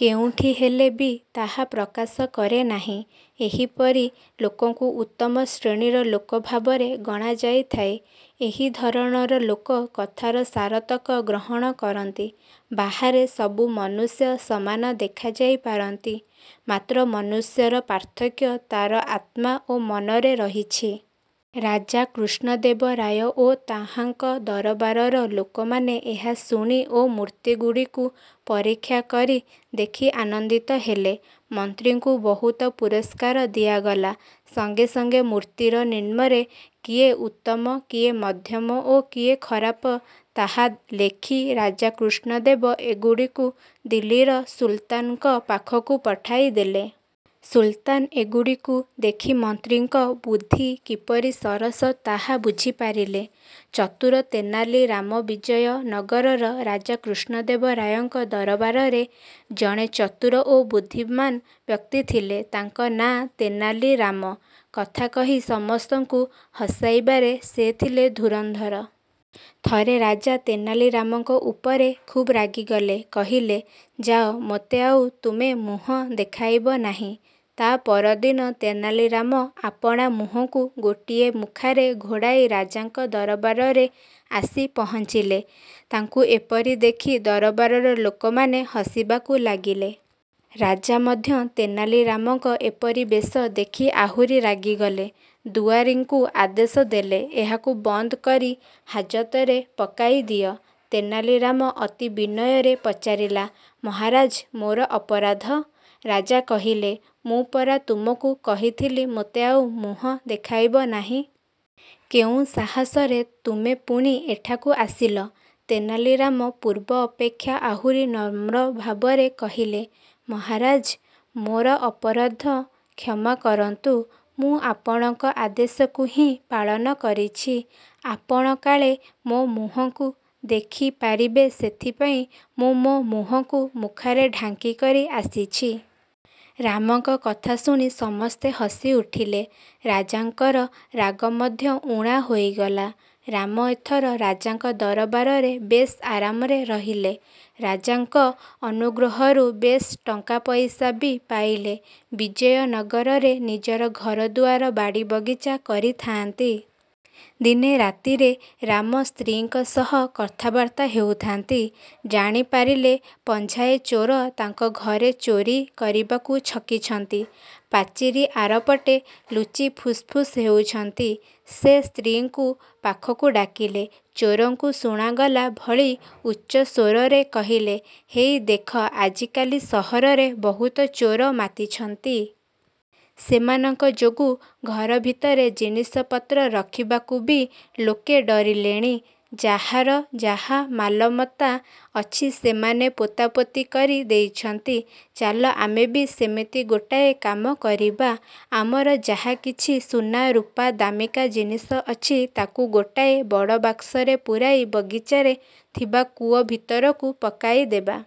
କେଉଁଠି ହେଲେ ବି ତାହା ପ୍ରକାଶ କରେ ନାହିଁ। ଏହିପରି ଲୋକଙ୍କୁ ଉତ୍ତମ ଶ୍ରେଣୀର ଲୋକ ଭାବରେ ଗଣାଯାଇଥାଏ। ଏହି ଧରଣର ଲୋକ କଥାର ସାରତକ ଗ୍ରହଣ କରନ୍ତି। ବାହାରେ ସବୁ ମନୁଷ୍ୟ ସମାନ ଦେଖାଯାଇ ପାରନ୍ତି। ମାତ୍ର ମନୁଷ୍ୟର ପାର୍ଥକ୍ୟ ତା'ର ଆତ୍ମା ଓ ମନରେ ରହିଛି। '' ରାଜା କୃଷ୍ଣଦେବ ରାୟ ଓ ତାହାଙ୍କ ଦରବାରର ଲୋକମାନେ ଏହା ଶୁଣି ଓ ମୂର୍ତ୍ତିଗୁଡ଼ିକୁ ପରୀକ୍ଷା କରି ଦେଖି ଆନନ୍ଦିତ ହେଲେ। ମନ୍ତ୍ରୀଙ୍କୁ ବହୁତ ପୁରସ୍କାର ଦିଆଗଲା। ସଙ୍ଗେ ସଙ୍ଗେ ମୂର୍ତ୍ତିର ନିମ୍ନରେ କିଏ ଉତ୍ତମ, କିଏ ମଧ୍ୟମ ଓ କିଏ ଖରାପ ତାହା ଲେଖି ରାଜା କୃଷ୍ଣଦେବ ଏଗୁଡ଼ିକୁ ଦିଲ୍ଲୀର ସୁଲତାନଙ୍କ ପାଖକୁ ପଠାଇଦେଲେ। ସୁଲତାନ ଏଗୁଡ଼ିକୁ ଦେଖି ମନ୍ତ୍ରୀଙ୍କ ବୁଦ୍ଧି କିପରି ସରସ ତାହା ବୁଝିପାରିଲେ। ଚତୁର ତେନାଲି ରାମ ବିଜୟ ନଗରର ରାଜା କୃଷ୍ଣଦେବ ରାୟଙ୍କ ଦରବାରରେ ଜଣେ ଚତୁର ଓ ବୁଦ୍ଧିମାନ ବ୍ୟକ୍ତିଥିଲେ। ତାଙ୍କ ନାଁ ତେନାଲି ରାମ। କଥା କହି ସମସ୍ତଙ୍କୁ ହସାଇବାରେ ସେ ଥିଲେ ଧୁରନ୍ଧର। ଥରେ ରାଜା ତେନାଲି ରାମଙ୍କ ଉପରେ ଖୁବ୍ ରାଗିଗଲେ। କହିଲେ-''ଯାଅ, ମୋତେ ଆଉ ତୁମେ ମୁହଁ ଦେଖାଇବ ନାହିଁ। '' ତା'ପରଦିନ ତେନାଲି ରାମ ଆପଣା ମୁହଁକୁ ଗୋଟିଏ ମୁଖାରେ ଘୋଡ଼ାଇ ରାଜାଙ୍କ ଦରବାରରେ ଆସି ପହଞ୍ଚିଲେ। ତାଙ୍କୁ ଏପରି ଦେଖି ଦରବାରର ଲୋକମାନେ ହସିବାକୁ ଲାଗିଲେ। ରାଜା ମଧ୍ୟ ତେନାଲି ରାମଙ୍କ ଏପରି ବେଶ ଦେଖି ଆହୁରି ରାଗିଗଲେ। ଦୁଆରୀଙ୍କୁ ଆଦେଶ ଦେଲେ-''ଏହାକୁ ବନ୍ଦକରି ହାଜତରେ ପକାଇ ଦିଅ। '' ତେନାଲି ରାମ ଅତି ବିନୟରେ ପଚାରିଲା-''ମହାରାଜ୍ ମୋର ଅପରାଧ? '' ରାଜା କହିଲେ- ''ମୁଁ ପରା ତୁମକୁ କହିଥିଲି ମୋତେ ଆଉ ମୁହଁ ଦେଖାଇବ ନାହିଁ। କେଉଁ ସାହସରେ ତୁମେ ପୁଣି ଏଠାକୁ ଆସିଲ? '' ତେନାଲି ରାମ ପୂର୍ବ ଅପେକ୍ଷା ଆହୁରି ନମ୍ର ଭାବରେ କହିଲେ- ''ମହାରାଜ୍, ମୋର ଅପରାଧ କ୍ଷମା କରନ୍ତୁ। ମୁଁ ଆପଣଙ୍କ ଆଦେଶକୁ ହିଁ ପାଳନ କରିଛି। ଆପଣ କାଳେ। ମୋ ମୁହଁକୁ ଦେଖି ପାରିବେ ସେଥିପାଇଁ ମୁଁ ମୋ ମୁହଁକୁ ମୁଖାରେ ଢାଙ୍କି କରି ଆସିଛି। '' ରାମଙ୍କ କଥା ଶୁଣି ସମସ୍ତେ ହସି ଉଠିଲେ। ରାଜାଙ୍କର ରାଗ ମଧ୍ୟ ଊଣା ହୋଇଗଲା। ରାମ ଏଥର ରାଜାଙ୍କ ଦରବାରରେ ବେଶ୍ ଆରାମରେ ରହିଲେ। ରାଜାଙ୍କ ଅନୁଗ୍ରହରୁ ବେଶ୍ ଟଙ୍କା ପଇସା ବି ପାଇଲେ ବିଜୟ ନଗରରେ ନିଜର ଘର ଦୁଆର ବାଡ଼ି ବଗିଚା କରିଥାଆନ୍ତି। ଦିନେ ରାତିରେ ରାମ ସ୍ତ୍ରୀଙ୍କ ସହ କଥାବାର୍ତ୍ତା ହେଉଥାନ୍ତି। ଜାଣି ପାରିଲେ ପଞ୍ଝାଏ ଚୋର ତାଙ୍କ ଘରେ ଚୋରି କରିବାକୁ ଛକିଛନ୍ତି। ପାଚିରି ଆରପଟେ ଲୁଚି ଫୁସ୍ ଫୁସ୍ ହେଉଛନ୍ତି। ସେ ସ୍ତ୍ରୀଙ୍କୁ ପାଖକୁ ଡାକିଲେ। ଚୋରଙ୍କୁ ଶୁଣାଗଲା ଭଳି ଉଚ୍ଚ ସ୍ୱରରେ କହିଲେ- ''ହେଇ ଦେଖ ଆଜି କାଲି ସହରରେ ବହୁତ ଚୋର ମାତିଛନ୍ତି। ସେମାନଙ୍କ ଯୋଗୁ ଘର ଭିତରେ ଜିନିଷପତ୍ର ରଖିବାକୁ ବି ଲୋକେ ଡରିଲେଣି। ଯାହାର ଯାହା ମାଲମତା ଅଛି ସେମାନେ ପୋତାପୋତି କରି ଦେଇଛନ୍ତି। ଚାଲ ଆମେ ବି ସେମିତି ଗୋଟାଏ କାମ କରିବା। ଆମର ଯାହା କିଛି ସୁନା ରୁପା ଦାମିକା ଜିନିଷ ଅଛି ତାକୁ ଗୋଟାଏ ବଡ଼ବାକ୍ସରେ ପୂରାଇ ବଗିଚାରେ ଥିବା କୂଅ ଭିତରକୁ ପକାଇ ଦେବା।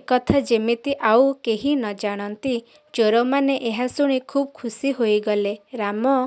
ଏକଥା ଯେମିତି ଆଉ କେହି ନ ଜାଣନ୍ତି। '' ଚୋରମାନେ ଏହା ଶୁଣି ଖୁବ୍ ଖୁସି ହୋଇଗଲେ। ରାମ